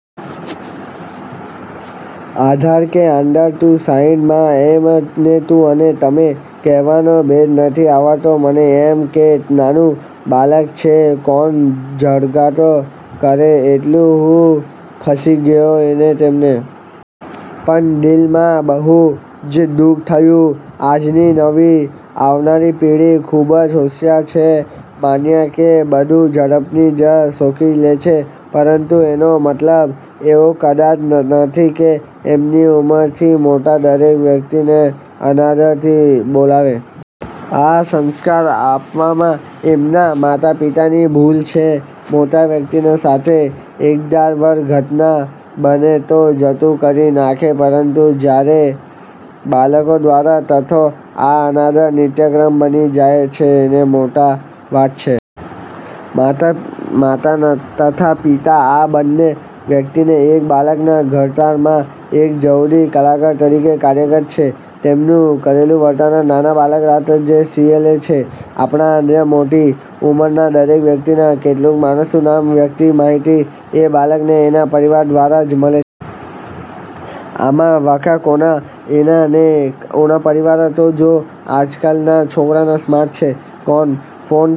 આદર કે અનાદર? તું સાઈડ માં ખસ મારે ક્રિકેટ રમવામાં તકલીફ પડે છે આ શબ્દો છે માત્ર ચાર વર્ષ ના બાળક ના. આ બાળક ને તું અને તમે કહેવાનો ભેદ નથી આવડતો, મને એમ કે નાનું બાળક છે કોણ ઝઘડો કરે એટલે હું ખસી ગયો. પણ દિલ માં બહુ જ દુઃખ થયું, આજની નવી આવનારી પેઠી ખુબ જ હોશિયાર છે માન્યા કે, બધું ઝડપથી જ શીખી લે છે, પરંતુ એનો મતલબ એવો કદાય નથી કે એમની ઉમર થી મોટા દરેક વ્યક્તિ ને અનાદર થી બોલાવે? આ સંસ્કાર આપવામાં એમના માતા પિતા ની ભૂલ છે. મોટા વ્યકતિ સાથે એકાદ વાર ઘટના બને તો જતું કરી નાખે પરંતુ જયારે બાળકો દ્વારા થતો આ અનાદર નિત્યક્રમ બની જાય પછી કોઈ પણ વ્યક્તિ પોતાના ગુસ્સા ને કાબુ માં રાખે એ ખુબ જ મોટી વાત છે. માતા તથા પિતા આ બંને વ્યક્તિ એક બાળક ના ઘડતર માં એક જરૂરી કલાકાર તરીકે કાર્યરત છે. તેમનું કરેલું વર્તન નાના બાળક તરત જ શીખી લે છે, આપણા થી મોટી ઉમર ના દરેક વ્યક્તિને કેટલું માન આપવું કઈ વ્યક્તિ ને ક્યાં ઉપનામ થી બોલવું, આ બધી જ માહિતી એ બાળક ને એના પરિવાર દ્વારા જ મળે છે. આમ વાંક કોનો? એનો કે એના પરિવાર નો? જો આજકાલ ના છોકરા ઓ સ્માર્ટ છે? ફોન પણ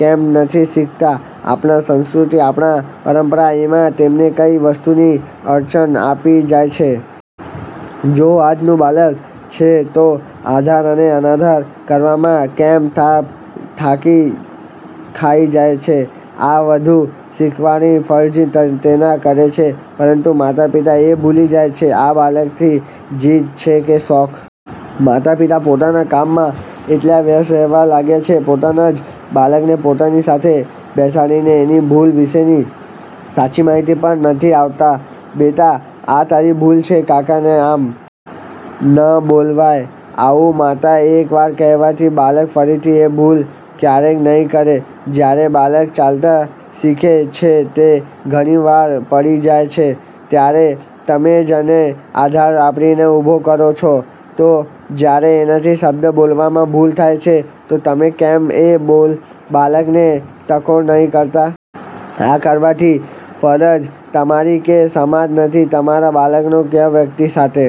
ઝડપથી શીખી જાય છે તો માતા પિતાના આપેલા સંસ્કાર કેમ નથી શીખતાં? આપણી સંસ્કૃતિ, આપણી પરંપરા એમાં તેમને કઈ વસ્તુની અડચણ આવી જાય છે. જો આજ નું બાળક છે તો આદર અને અનાદર કરવામાં કેમ થાપ ખાઈ જાય છે. આ બધું શીખવાડાની ફરજ તેના પરિવાર ની કે આખા ગામ ની? આજ ના માતા પિતા બાળકના દરેક શોખ પૂરા કરે છે પરંતુ માતા પિતા એ ભૂલી જાય છે આ બાળક ની જીદ છે કે શોખ? માતા પિતા પોતાના કામ માં એટલા વ્યસ્ત રહેવા લાગ્યા છે પોતાના જ બાળક ને પોતાની સાથે બેસાડીને એની ભૂલ વિશેની સાચી માહિતી પણ નથી આપતા, "બેટા આ તારી ભૂલ છે કાકા ને આમ ના બોલાવાય" આવું માત્ર એક વાર કહેવાથી બાળક ફરીથી એ ભૂલ ક્યારેય નહિ કરે, જયારે બાળક ચાલતા શીખે છે તો ઘણી વાર પડી જાય છે, ત્યારે તમે જ એને આધાર આપીને ઉભો કરો છો, તો જયારે એનાથી શબ્દ બોલવામાં ભૂલ થાય છે તો તમે કેમ એ બાળક ને ટકોર નથી કરતા? આ કરવાની ફરજ તમારી કે સમાજ ની? તમારા બાળકને ક્યાં વ્યક્તિ સાથે